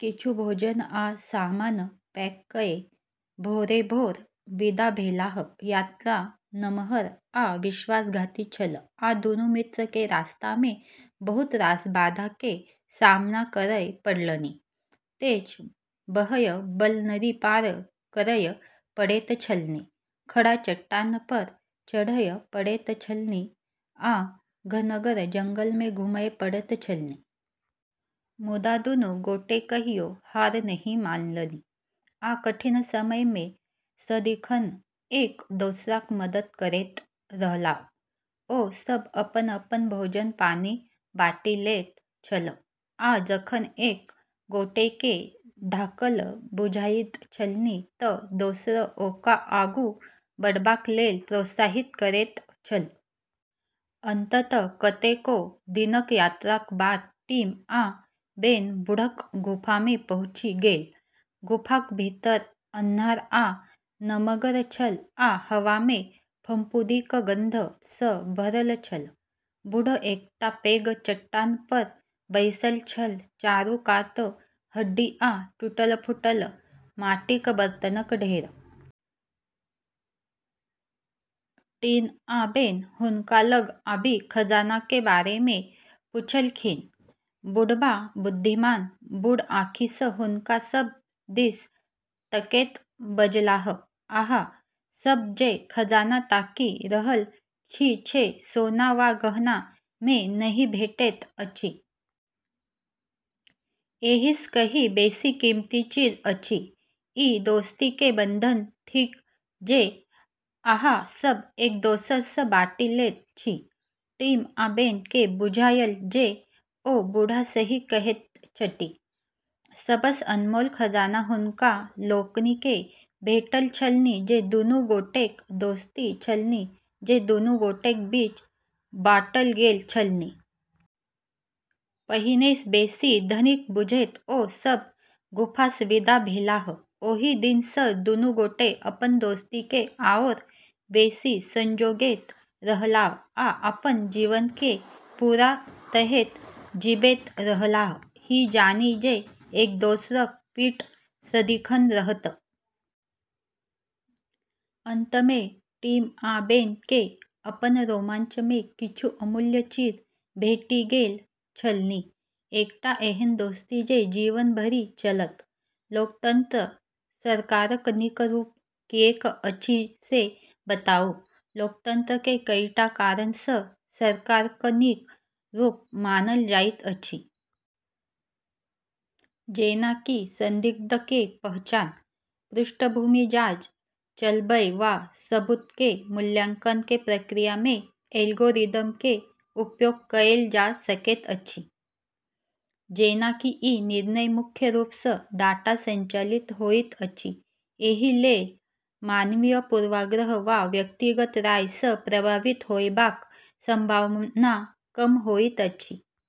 किछु भोजन आ सामान पैक कए भोरे-भोर विदा भेलाह। यात्रा नमहर आ विश्वासघाती छल, आ दुनू मित्र के रास्ता मे बहुत रास बाधा के सामना करय पड़लनि। तेज बहय बला नदी पार करय पड़ैत छलनि, खड़ा चट्टान पर चढ़य पड़ैत छलनि आ घनगर जंगल मे घुमय पड़ैत छलनि। मुदा दुनू गोटे कहियो हार नहि मानलनि आ कठिन समय मे सदिखन एक-दोसराक मदद करैत रहलाह। ओ सभ अपन-अपन भोजन-पानि बाँटि लैत छल, आ जखन एक गोटेकेँ थाकल बुझाइत छलनि तँ दोसर ओकरा आगू बढ़बाक लेल प्रोत्साहित करैत छल। अंततः कतेको दिनक यात्राक बाद टिम आ बेन बूढ़क गुफा मे पहुँचि गेल। गुफाक भीतर अन्हार आ नमगर छल आ हवा मे फफूंदीक गंध सँ भरल छल। बूढ़ एकटा पैघ चट्टान पर बैसल छल, चारू कात हड्डी आ टूटल-फूटल माटिक बर्तनक ढेर। टिम आ बेन हुनका लग आबि खजाना के बारे मे पूछलखिन। बुढ़बा बुद्धिमान, बूढ़ आँखि सँ हुनका सभ दिस तकैत बजलाह, "अहाँ सभ जे खजाना ताकि रहल छी से सोना वा गहना मे नहि भेटैत अछि। एहि सँ कहीं बेसी कीमती चीज अछि। ई दोस्ती के बंधन थिक जे अहाँ सभ एक-दोसर सँ बाँटि लैत छी।" टिम आ बेन केँ बुझायल जे ओ बुढ़ा सही कहैत छथि। सबसँ अनमोल खजाना हुनका लोकनि केँ भेटल छलनि जे दुनू गोटेक दोस्ती छलनि जे दुनू गोटेक बीच बाँटल गेल छलनि। पहिनेसँ बेसी धनिक बुझैत ओ सभ गुफासँ विदा भेलाह। ओहि दिन सँ दुनू गोटे अपन दोस्ती केँ आओर बेसी संजोगैत रहलाह आ अपन जीवन केँ पूरा तरहेँ जीबैत रहलाह, ई जानि जे एक-दोसरक पीठ सदिखन रहत। अंत मे टिम आ बेन केँ अपन रोमांच मे किछु अमूल्य चीज भेटि गेल छलनि: एकटा एहन दोस्ती जे जीवन भरि चलत। लोकतंत्र सरकारक नीक रूप किएक अछि से बताउ। लोकतंत्र कें कईटा कारण सँ सरकार क नीक रूप मानल जाइत अछि। जेना कि संदिग्ध के पहचान, पृष्ठभूमि जाँच चलबय वा सबूत के मूल्यांकन के प्रक्रिया मे एल्गोरिदम के उपयोग कएल जा सकैत अछि। जेना कि ई निर्णय मुख्य रूप सँ डाटा संचालित होइत अछि, एहि लेल मानवीय पूर्वाग्रह वा व्यक्तिगत राय सँ प्रभावित होयबाक संभावना कम होइत अछि।